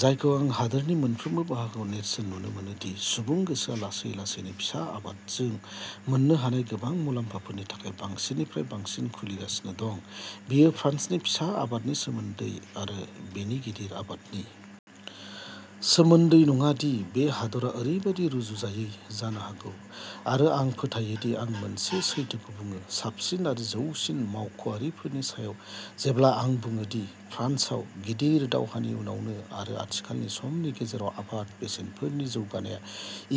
जायखौ आं हादोरनि मोनफ्रोमबो बाहागोआव नेरसोन नुनो मोनो दि सुबुं गोसोआ लासै लासैनो फिसा आबादजों मोननो हानाय गोबां मुलाम्फाफोरनि थाखाय बांसिननिफ्राय बांसिन खुलिगासिनो दं। बेयो फ्रान्सनि फिसा आबादनि सोमोन्दै आरो बेनि गिदिर आबादनि सोमोन्दै नङा, दि बे हादरा ओरैबायदि रुजुजायै जानो हागौ आरो आं फोथायो दि आं मोनसे सैथोखौ बुङो, साबसिन आरो जौसिन मावख'आरिफोरनि सायाव, जेब्ला आं बुङो दि फ्रान्सआव, गिदिर दावहानि उनावनो आरो आथिखालनि समनि गेजेराव आबाद बेसेनफोरनि जौगानाया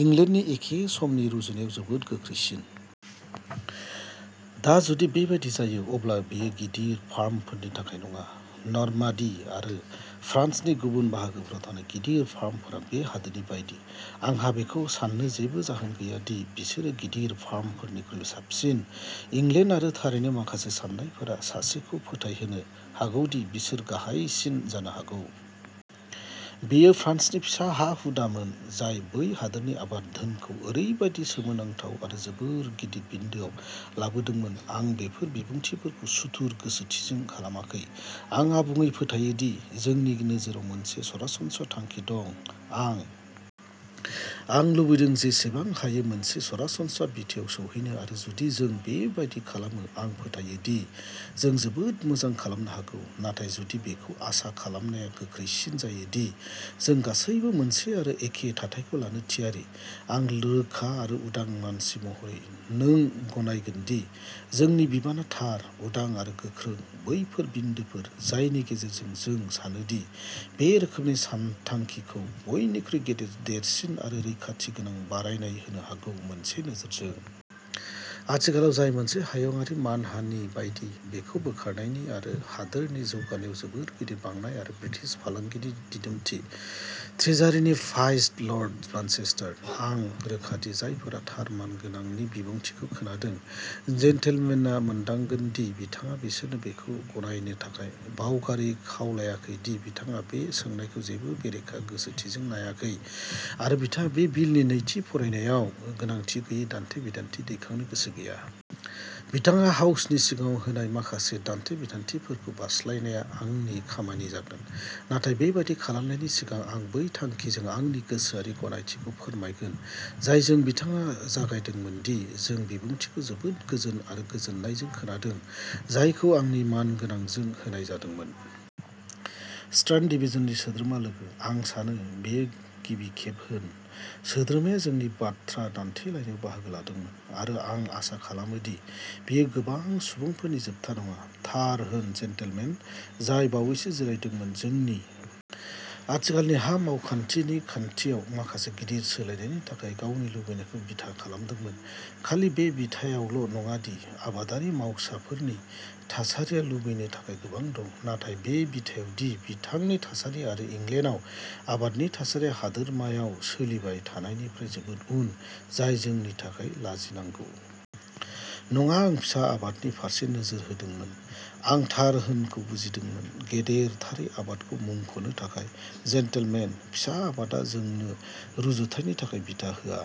इंलेन्डनि एखे समनि रुजुनायाव जोबोद गोख्रैसिन। दा, जुदि बेबादि जायो, अब्ला बेयो गिदिर फार्मफोरनि थाखाय नङा। नर्मान्डी आरो फ्रान्सनि गुबुन बाहागोफोराव थानाय गिदिर फार्मफोरा बे हादोरनि बायदि। आंहा बेखौ सान्नो जेबो जाहोन गैया दि बिसोरो गिदिर फार्मफोरनिख्रुइ साबसिन। इंलेन्ड आरो थारैनो माखासे सान्नायफोरा सासेखौ फोथायहोनो हागौ दि बिसोर गाहायसिन जानो हागौ। बेयो फ्रान्सनि फिसा हा-हुदामोन जाय बै हादोरनि आबाद धोनखौ ओरैबायदि सोमोनांथाव आरो जोबोद गिदिर बिन्दोआव लाबोदोंमोन। आं बेफोर बिबुंथिफोरखौ सुथुर गोसोथिजों खालामाखै। आं आबुङै फोथायो दि जोंनि नोजोराव मोनसे सरासनस्रा थांखि दं। आं आं लुबैदों जेसेबां हायो मोनसे सरासनस्रा बिथायाव सौहैनो आरो जुदि जों बेबादि खालामो आं फोथायो दि जों जोबोद मोजां खालामनो हागौ; नाथाय जुदि बेखौ आसा खालामनाया गोख्रैसिन जायो दि जों गासैबो मोनसे आरो एखे थाथायखौ लानो थियारि, आं रोखा आरो उदां मानसि महरै नों गनायगोनदि जोंनि बिबानआ थार, उदां आरो गोख्रों बैफोर बिन्दोफोर जायनि गेजेरजों जों सानो दि बे रोखोमनि सानथांखिखौ बयनिख्रुइ गेदेर देरसिन आरो रैखाथिगोनां बारायनाय होनो हागौ, मोनसे नोजोरजों। आथिखालाव जाय मोनसे हायुंआरि मानहानि बायदि बेखौ बोखारनाय आरो हादोरनि जौगानायाव जोबोद गिदिर बांनाय आरो ब्रिटिश फालांगिनि दिदोमथि। ट्रेजारि नि फाइस्ट लर्ड मानचेस्टार, आं रोखा दि जायफोरा थार मानगोनां नि बिबुंथिखौ खोनादों। जेन्टलमेनआ मोनदांगोन दि बिथाङा बिसोरनो बेखौ गनायनो थाखाय बावगारै खावलायाखै दि बिथाङा बे सोंनायखौ जेबो बेरेखा गोसोथिजों नायाखै, आरो बिथाङा बे बिलनि नैथि फरायनायाव गोनांथि गैयै दान्थे-बिदान्थे दैखांनो गोसो गैया। बिथाङा हाउसनि सिगाङाव होनाय माखासे दान्थे-बिदान्थेफोरखौ बारस्लायनाया आंनि खामानि जागोन; नाथाय बेबादि खालामनायनि सिगां, आं बै थांखिजों आंनि गोसोआरि गनायथिखौ फोरमायगोन जायजों बिथाङा जागायदोंमोनदि जों बिबुंथिखौ जोबोद गोजोन आरो गोजोननायजों खोनादों। जायखौ आंनि मानगोनांजों होनाय जादोंमोन। स्ट्रान्ड डिभिज'ननि सोद्रोमा लोगो। आं सानो बेयो गिबि खेब होन. सोद्रोमाया जोंनि बाथ्रा दान्थेलायनायाव बाहागो लादोंमोन, आरो आं आसा खालामो दि बेयो गोबां सुबुंफोरनि जोबथा नङा। थार होन जेन्टलमेन, जाय बावैसो जिरायदोंमोन, जोंनि आथिखालनि हा मावखान्थिनि खान्थियाव माखासे गिदिर सोलायनायनि थाखाय गावनि लुबैनायखौ बिथा खालामदोंमोन, खालि बे बिथायावल' नङा दि आबादारि मावसाफोरनि थासारिया लुबैनो थाखाय गोबां दं, नाथाय बे बिथायाव दि बिथांनि थासारि आरो इंलेन्डआव आबादनि थासारिया हादोरमायाव सोलिबाय थानायनिफ्राय जोबोद उन, जाय जोंनि थाखाय लाजिनांगौ। नङा आं फिसा आबादनि फारसे नोजोर होदोंमोन। आं थार होनखौ बुजिदोंमोन। गेदेरथारै आबादखौ मुंख'नो थाखाय जेनटलमेन। फिसा आबादा जोंनो रुजुथायनि थाखाय बिथा होआ।